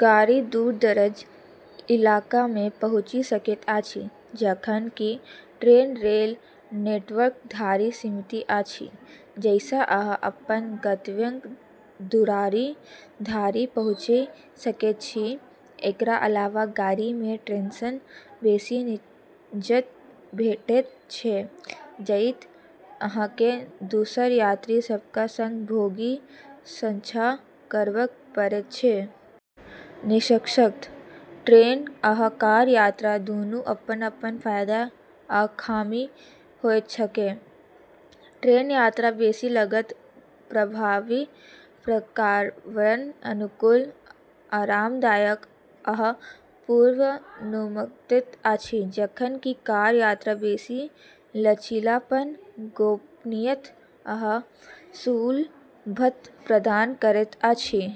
गाड़ी दूर-दराजक इलाकामे पहुँचि सकैत अछि, जखन कि ट्रेन रेल नेटवर्क धरि सीमित अछि, जाहिसँ अहाँ अपन गंतव्यक दुआरी धरि पहुँचि सकै छी। एकर अलावा गाड़ीमे ट्रेनसँ बेसी निजता भेटैत छै, जतै अहाँकेँ दोसर यात्री सभक संग बोगी साझा करबाक पड़ैत छै। निष्कर्षतः ट्रेन आ कार यात्रा दूनूक अपन-अपन फायदा आ खामी होइत छैक। ट्रेन यात्रा बेसी लागत प्रभावी, पर्यावरणक अनुकूल, आरामदायक आ पूर्वानुमानित अछि, जखन कि कार यात्रा बेसी लचीलापन, गोपनीयता आ सुलभता प्रदान करैत अछि।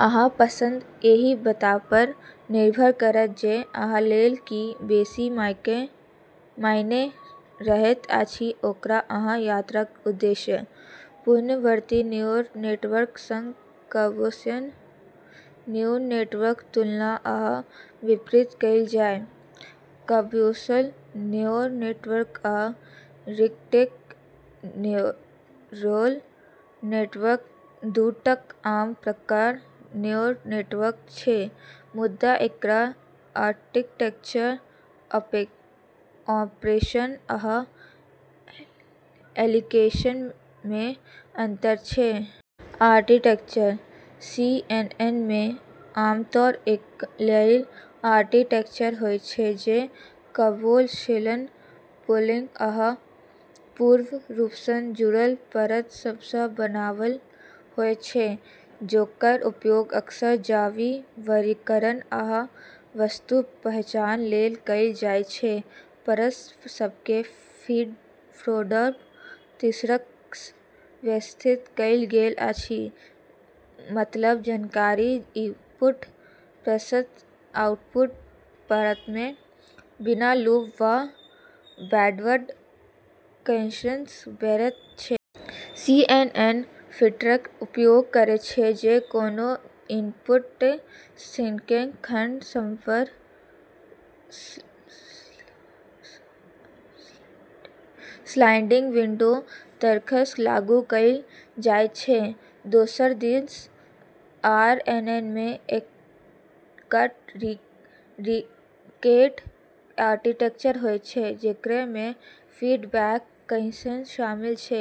अहाँक पसंद एहि बातपर निर्भर करत जे अहाँ लेल की बेसी मायने रखैत अछि आओर अहाँक यात्राक उद्देश्य। पुनरावर्ती न्यूरल नेटवर्कक संग कन्वोल्यूशनल न्यूरल नेटवर्कक तुलना आ विपरीत कएल जाय। कन्वोल्यूशनल न्यूरल नेटवर्क आ रिकरेंट न्यूरल नेटवर्क दू टा आम प्रकारक न्यूरल नेटवर्क छै, मुदा एकर आर्किटेक्चर, ऑपरेशन आ एप्लीकेशनमे अंतर छै। आर्किटेक्चर: सीएनएनमे आमतौरपर एक लेयर आर्किटेक्चर होइत छै जे कन्वोल्यूशनल, पूलिंग आ पूर्ण रूपसँ जुड़ल परत सभसँ बनल होइत छै, जेकर उपयोग अक्सर छवि वर्गीकरण आ वस्तु पहचान लेल कएल जाइत छै। परत सभकेँ फीडफोरवर्ड तरीकासँ व्यवस्थित कएल गेल अछि, मतलब जानकारी इनपुट परतसँ आउटपुट परतमे बिना लूप वा बैकवर्ड कनेक्शनक बहैत छै। सीएनएन फिल्टरक उपयोग करैत छै जे कोनो इनपुटकेँ स्थानीय खंड सभपर स्लाइडिंग विंडो तरीकासँ लागू कएल जाइत छै। दोसर दिस आरएनएनमे एकटा रिकरेंट आर्किटेक्चर होइत छै जेकरामे फीडबैक कनेक्शन शामिल छै,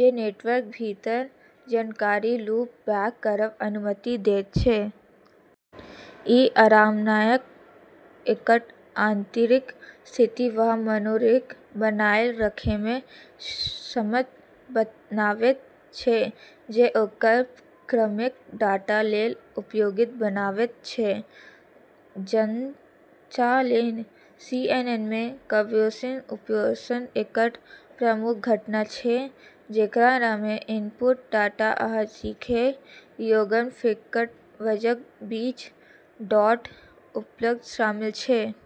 जे नेटवर्कक भीतर जानकारीकेँ लूप बैक करबाक अनुमति दैत छै। ई आरएनएनकेँ एकटा आंतरिक स्थिति वा मेमोरीकेँ बनाए रखैमे सक्षम बनावैत छै, जे ओकरा क्रमिक डाटा लेल उपयुक्त बनावैत छै। संचालन: सीएनएनमे, कन्वोल्यूशन ऑपरेशन एकटा प्रमुख घटक छै, जेकरामे इनपुट डाटा आ सीखै योग्य फिल्टर वजनक बीच डॉट उत्पाद शामिल छै।